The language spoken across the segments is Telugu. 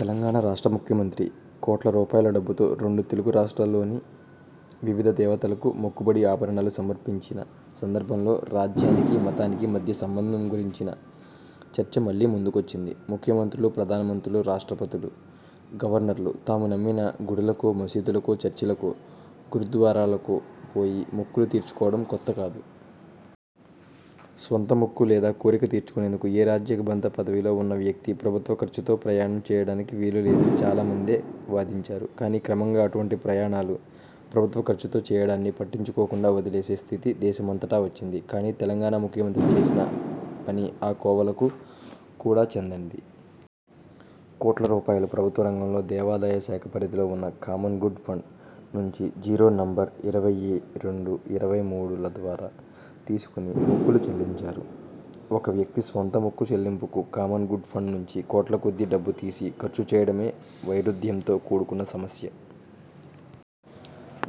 తెలంగాణ రాష్ట్ర ముఖ్యమంత్రి కోట్ల రూపాయల డబ్బుతో రెండు తెలుగు రాష్ర్టాల్లోని వివిధ దేవతలకు మొక్కుబడి ఆభరణాలు సమర్పించిన సందర్భంలో రాజ్యానికీ, మతానికీ మధ్య సంబంధం గురించిన చర్చ మళ్ళీ ముందుకొచ్చింది. ముఖ్యమంత్రులు, ప్రధానమంత్రులు, రాష్ట్రపతులు, గవర్నర్లు తాము నమ్మిన గుడులకో, మసీదులకో, చర్చిలకో, గురుద్వారలకో పోయి మొక్కులు తీర్చుకోవడం కొత్త కాదు. స్వంత మొక్కు లేదా కోరిక తీర్చుకునేందుకు ఏ రాజ్యాంగబద్ధ పదవిలో ఉన్న వ్యక్తీ ప్రభుత్వ ఖర్చుతో ప్రయాణం చెయ్యడానికి వీలు లేదని చాలా మందే వాదించారు. కానీ క్రమంగా అటువంటి ప్రయాణాలు ప్రభుత్వ ఖర్చుతో చెయ్యడాన్ని పట్టించుకోకుండా వదిలేసే స్థితి దేశమంతటా వచ్చింది. కానీ తెలంగాణ ముఖ్యమంత్రి చేసిన పని ఆ కోవలకు కూడా చెందనిది. కోట్ల రూపాయలు ప్రభుత్వ రంగంలో దేవాదాయ శాఖ పరిధిలో ఉన్న 'కామన్ గుడ్ ఫండ్' నుంచి జీవో నంబర్ ఇరవై రెండు, ఇరవై మూడుల ద్వారా తీసుకొని మొక్కులు చెల్లించారు. ఒక వ్యక్తి స్వంత మొక్కు చెల్లింపుకు 'కామన్ గుడ్ ఫండ్' నుంచి కోట్లకొద్దీ డబ్బు తీసి ఖర్చు చేయడమే వైరుధ్యంతో కూడుకున్న సమస్య.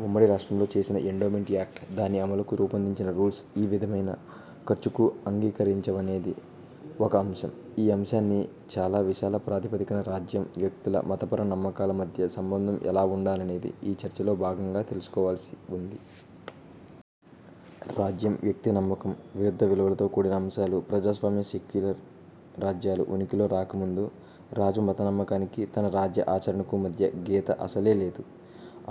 ఉమ్మడి రాష్ట్రంలో చేసిన ఎండోమెంట్ యాక్ట్, దాని అమలుకు రూపొందించిన రూల్స్ ఈ విధమైన ఖర్చుకు అంగీకరించవనేది ఒక అంశం. ఈ అంశాన్ని చాలా విశాల ప్రాతిపదికన రాజ్యం, వ్యక్తుల మతపర నమ్మకాల మధ్య సంబంధం ఎలా ఉండాలనేది ఈ చర్చలో భాగంగా తేల్చుకోవలసి ఉంది. రాజ్యం, వ్యక్తి నమ్మకం విరుద్ధ విలువలతో కూడిన అంశాలు. ప్రజాస్వామ్య, సెక్యులర్ రాజ్యాలు ఉనికిలోకి రాక ముందు రాజు మత నమ్మకానికీ, తన రాజ్య ఆచరణకూ మధ్య గీత అసలే లేదు.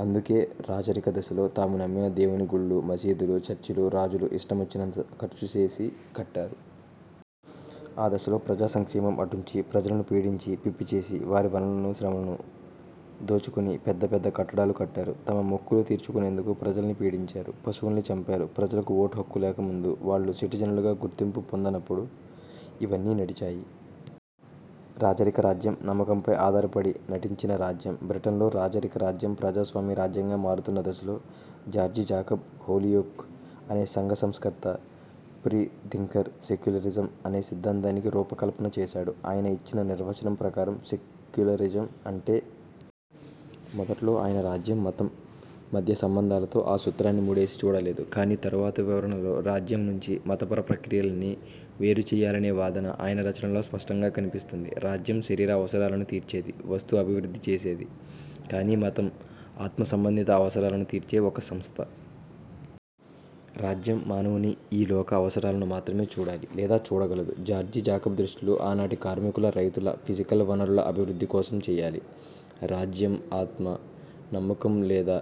అందుకే రాజరిక దశలో తాము నమ్మిన దేవుని గుళ్ళు, మసీదులు, చర్చిలు రాజులు ఇష్టమొచ్చినంత ఖర్చుచేసి కట్టారు. ఆ దశలో ప్రజా సంక్షేమం అటుంచి ప్రజలను పీడించి, పిప్పి చేసి వారి వనరులను, శ్రమను దోచుకొని పెద్ద, పెద్ద కట్టడాలు కట్టారు. తమ మొక్కులు తీర్చుకునేందుకు ప్రజల్ని పీడించారు, పశువుల్ని చంపారు. ప్రజలకు ఓటు హక్కు లేక ముందు, వాళ్ళు సిటిజనులుగా గుర్తింపు పొందనప్పుడు ఇవన్నీ నడిచాయి. రాజరిక రాజ్యం నమ్మకంపై ఆధారపడి నడిచిన రాజ్యం. బ్రిటన్లో రాజరిక రాజ్యం ప్రజాస్వామ్య రాజ్యంగా మారుతున్న దశలో జార్జి జాకబ్ హోలియోక్ అనే సంఘ సంస్కర్త – ఫ్రీ థింకర్ సెక్యులరిజం అనే సిద్ధాంతానికి రూపకల్పన చేశాడు. ఆయన ఇచ్చిన నిర్వచనం ప్రకారం సెక్యులరిజం అంటే ','. మొదట్లో ఆయన రాజ్యం, మతం మధ్య సంబంధాలతో ఆ సూత్రాన్ని ముడేసి చూడలేదు. కానీ తరువాత వివరణలో రాజ్యం నుంచి, మతపర ప్రక్రియలన్నీ వేరుచెయ్యాలనే వాదన ఆయన రచనల్లో స్పష్టంగా కనిపిస్తుంది. రాజ్యం శరీర అవసరాలను తీర్చేది, వస్తు అభివృద్ధి చేసేది. కానీ మతం ఆత్మ సంబంధిత అవసరాలను తీర్చే ఒక సంస్థ. రాజ్యం మానవుని ఈ లోక అవసరాలను మాత్రమే చూడాలి లేదా చూడగలదు. జార్జి జాకబ్ దృష్టిలో ఆనాటి కార్మికుల, రైతుల ఫిజికల్ వనరుల అభివృద్ధి కోసం చెయ్యాలి. రాజ్యం ఆత్మ, నమ్మకం లేదా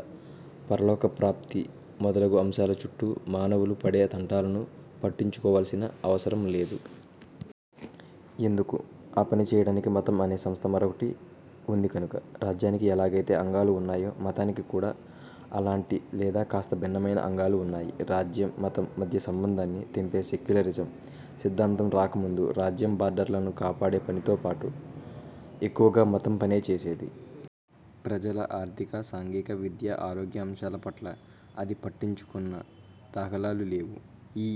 పరలోక ప్రాప్తి మొదలగు అంశాల చుట్టూ మానవులు పడే తంటాలను పట్టించుకోవలసిన అవసరం లేదు. ఎందుకు? ఆ పని చెయ్యడానికి మతం అనే సంస్థ మరోటి ఉంది కనుక. రాజ్యానికి ఎలాగైతే అంగాలు ఉన్నాయో మతానికి కూడా అలాంటి లేదా కాస్త భిన్నమైన అంగాలు ఉన్నాయి. రాజ్యం, మతం మధ్య సంబంధాన్ని తెంపే సెక్యులరిజం సిద్ధాంతం రాకముందు రాజ్యం బార్డర్లను కాపాడే పనితో పాటు ఎక్కువగా మతం పనే చేసేది. ప్రజల ఆర్థిక, సాంఘిక, విద్య, ఆరోగ్య అంశాల పట్ల అది పట్టించుకున్న దాఖలాలు లేవు. ఈ